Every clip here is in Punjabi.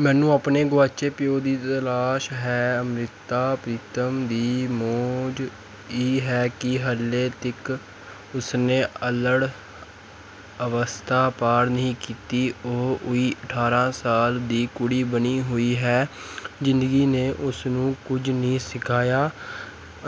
ਮੈਨੂੰ ਆਪਣੇ ਗਵਾਚੇ ਪਿਉ ਦੀ ਤਲਾਸ਼ ਹੈ। ' ਅੰਮ੍ਰਿਤਾ ਪ੍ਰੀਤਮ ਦੀ ਮੌਜ਼ ਇਹ ਹੈ ਕਿ ਹਾਲੇ ਤੀਕ ਉਸਨੇ ਅੱਲ੍ਹੜ ਅਵਸਥਾ ਪਾਰ ਨਹੀਂ ਕੀਤੀ। ਉਹ ਉਹੀ ਅਠਾਂਰ੍ਹਾਂ ਸਾਲਾਂ ਦੀ ਕੁੜੀ ਬਣੀ ਹੋਈ ਹੈ। ਜ਼ਿੰਦਗੀ ਨੇ ਉਸਨੂੰ ਕੁਝ ਨਹੀਂ ਸਿਖਾਇਆ,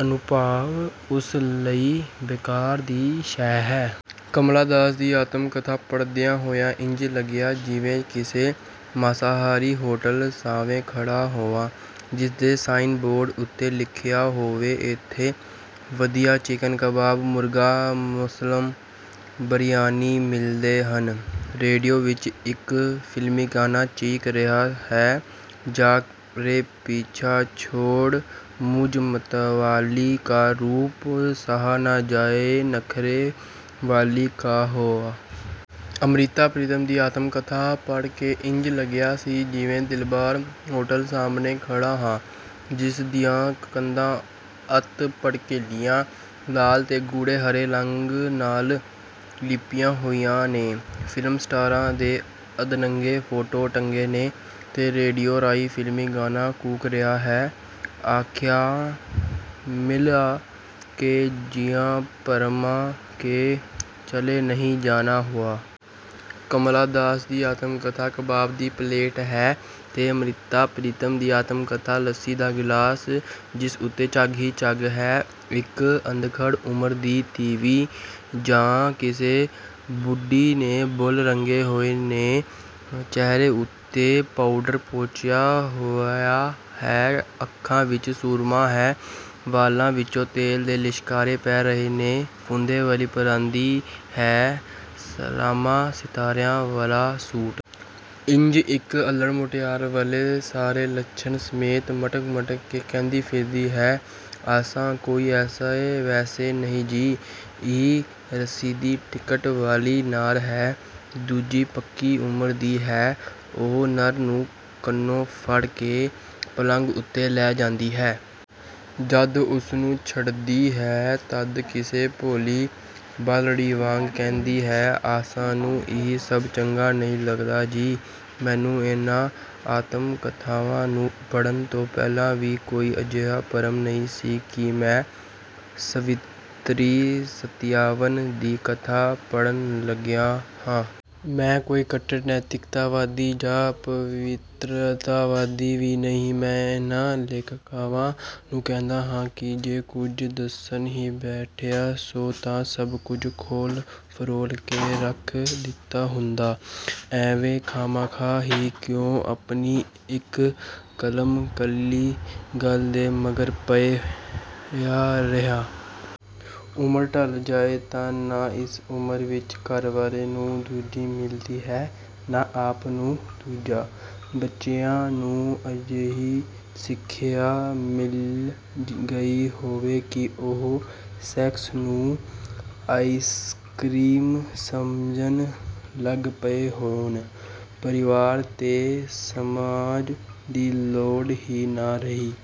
ਅਨੁਭਵ ਉਸ ਲਈ ਬੇਕਾਰ ਦੀ ਸ਼ੈ ਹੈ। ਕਮਲਾ ਦਾਸ ਦੀ ਆਤਮ-ਕਥਾ ਪੜ੍ਹਦਿਆਂ ਹੋਇਆਂ ਇੰਜ ਲੱਗਿਆ, ਜਿਵੇਂ ਕਿਸੇ ਮਾਸਾਹਾਰੀ ਹੋਟਲ ਸਾਹਵੇਂ ਖੜ੍ਹਾ ਹੋਵਾਂ, ਜਿਸਦੇ ਸਾਈਨ ਬੋਰਡ ਉੱਤੇ ਲਿਖਿਆ ਹੋਵੇ: ਇੱਥੇ ਵਧੀਆ ਚਿਕਨ-ਕਬਾਬ, ਮੁਰਗ-ਮੁਸੱਲਮ, ਬਿਰਿਆਨੀ ਮਿਲਦੇ ਹਨ। ਰੇਡੀਓ ਵਿਚ ਇਕ ਫਿਲਮੀ ਗਾਣਾ ਚੀਕ ਰਿਹਾ ਹੈ 'ਜਾ ਰੇ ਪੀਛਾ ਛੋੜ ਮੁਝ ਮਤਵਾਲੀ ਕਾ, ਰੂਪ ਸਹਾ ਨਾ ਜਾਏ ਨਖ਼ਰੇ ਵਾਲੀ ਕਾ-ਹੋਅ! ' ਅੰਮ੍ਰਿਤਾ ਪ੍ਰੀਤਮ ਦੀ ਆਤਮ-ਕਥਾ ਪੜ੍ਹ ਕੇ ਇੰਜ ਲੱਗਿਆ ਸੀ, ਜਿਵੇ ਦਿਲਬਹਾਰ ਹੋਟਲ ਸਾਹਮਣੇ ਖੜ੍ਹਾ ਹਾਂ, ਜਿਸ ਦੀਆਂ ਕੰਧਾਂ ਅੱਤ ਭੜਕੀਲੇ ਲਾਲ ਤੇ ਗੂੜ੍ਹੇ ਹਰੇ ਰੰਗਾਂ ਨਾਲ ਲਿੱਪੀਆਂ ਹੋਈਆਂ ਨੇ, ਫਿਲਮ ਸਟਾਰਾਂ ਦੇ ਅੱਧਨੰਗੇ ਫੋਟੋ ਟੰਗੇ ਨੇ, ਤੇ ਰੇਡੀਓ ਰਾਹੀਂ ਫਿਲਮੀ ਗਾਣਾ ਕੂਕ ਰਿਹਾ ਹੈ 'ਅੱਖੀਆਂ ਮਿਲਾ ਕੇ ਜੀਆ ਭਰਮਾ ਕੇ, ਚਲੇ ਨਹੀਂ ਜਾਨਾ ਹੋਅ! ' ਕਮਲਾ ਦਾਸ ਦੀ ਆਤਮ ਕਥਾ-ਕਬਾਬ ਦੀ ਪਲੇਟ ਹੈ। ਤੇ ਅੰਮ੍ਰਿਤਾ ਪ੍ਰੀਤਮ ਦੀ ਆਤਮ-ਕਥਾ ਲੱਸੀ ਦਾ ਗਿਲਾਸ, ਜਿਸ ਉੱਤੇ ਝੱਗ ਹੀ ਝੱਗ ਹੈ। ਇਕ ਅੱਧਖੜ ਉਮਰ ਦੀ ਤੀਵੀਂ ਜਾਂ ਕਿਸੇ ਬੁੱਢੀ ਨੇ ਬੁੱਲ੍ਹ ਰੰਗੇ ਹੋਏ ਨੇ, ਚਿਹਰੇ ਉੱਤੇ ਪਾਊਡਰ ਪੋਚਿਆ ਹੋਇਆ ਹੈ, ਅੱਖਾਂ ਵਿਚ ਸੁਰਮਾ ਹੈ, ਵਾਲਾਂ ਵਿਚੋਂ ਤੇਲ ਦੇ ਲਿਸ਼ਕਾਰੇ ਪੈ ਰਹੇ ਨੇ, ਫੁੰਦੇ ਵਾਲੀ ਪਰਾਂਦੀ ਹੈ, ਸਲਮਾ-ਸਿਤਾਰਿਆਂ ਵਾਲਾ ਸੂਟ। ਇੰਜ ਇਕ ਅੱਲ੍ਹੜ ਮੁਟਿਆਰ ਵਾਲੇ ਸਾਰੇ ਲੱਛਣਾ ਸਮੇਤ, ਮਟਕ-ਮਟਕ ਕੇ ਕਹਿੰਦੀ ਫਿਰਦੀ ਹੈ 'ਅਸਾਂ ਕੋਈ ਐਸੇ-ਵੈਸੇ ਨਹੀਂ ਜੀ। ' ਇਹ 'ਰਸੀਦੀ ਟਿਕਟ' ਵਾਲੀ ਨਾਰ ਹੈ। ਦੂਜੀ ਪੱਕੀ ਉਮਰ ਦੀ ਹੈ: ਉਹ ਨਰ ਨੂੰ ਕੰਨੋਂ ਫੜ੍ਹ ਕੇ ਪਲੰਘ ਉੱਤੇ ਲੈ ਜਾਂਦੀ ਹੈ। ਜਦ ਉਸਨੂੰ ਛੱਡਦੀ ਹੈ, ਤਦ ਕਿਸੇ ਭੋਲੀ ਬਾਲੜੀ ਵਾਂਗ ਕਹਿੰਦੀ ਹੈ 'ਅਸਾਨੂੰ ਇਹ ਸਭ ਚੰਗਾ ਨਹੀਂ ਲੱਗਦਾ ਜੀ। ' ਮੈਨੂੰ ਇਹਨਾਂ ਆਤਮ-ਕਥਾਵਾਂ ਨੂੰ ਪੜ੍ਹਨ ਤੋਂ ਪਹਿਲਾਂ ਵੀ ਕੋਈ ਅਜਿਹਾ ਭਰਮ ਨਹੀਂ ਸੀ ਕਿ ਮੈਂ ਸਾਵਿੱਤਰੀ-ਸਤਿਆਵਾਨ ਦੀ ਕਥਾ ਪੜ੍ਹਨ ਲੱਗਿਆ ਹਾਂ। ਮੈਂ ਕੋਈ ਕੱਟੜ ਨੈਤਿਕਤਾਵਾਦੀ ਜਾਂ ਪਵਿੱਤਰਤਾਵਾਦੀ ਵੀ ਨਹੀਂ। ਮੈਂ ਇਹਨਾਂ ਲੇਖਕਾਵਾਂ ਨੂੰ ਕਹਿੰਦਾ ਹਾਂ ਕਿ ਜੇ ਕੁਝ ਦੱਸਣ ਹੀ ਬੈਠੀਆਂ ਸੌ ਤਾਂ ਸਭ ਕੁਝ ਖੋਹਲ-ਫਰੋਲ ਕੇ ਰੱਖ ਦਿੱਤਾ ਹੁੰਦਾ, ਐਵੇਂ, ਖਾਹਮਖਾਹ ਹੀ ਕਿਉਂ ਆਪਣੀ ਇਕ 'ਕੱਲਮ-'ਕੱਲੀ ਗੱਲ ਦੇ ਮਗਰ ਪਈਆਂ ਰਹੀਆਂ। ਉਮਰ ਢਲ ਜਾਏ ਤਾਂ ਨਾ ਇਸ ਉਮਰ ਵਿਚ ਘਰਵਾਲੇ ਨੂੰ ਦੂਜੀ ਮਿਲਦੀ ਹੈ, ਨਾ ਆਪਾਂ ਨੂੰ ਦੂਜਾ। ਬੱਚਿਆਂ ਨੂੰ ਅਜਿਹੀ ਸਿਖਿਆ ਮਿਲ ਗਈ ਹੋਵੇ ਕਿ ਉਹ 'ਸੈਕਸ' ਨੂੰ ਆਈਸਕਰੀਮ ਸਮਝਣ ਲੱਗ ਪਏ ਹੋਣ। ਪਰਿਵਾਰ ਤੇ ਸਮਾਜ ਦੀ ਲੋੜ ਹੀ ਨਾ ਰਹੀ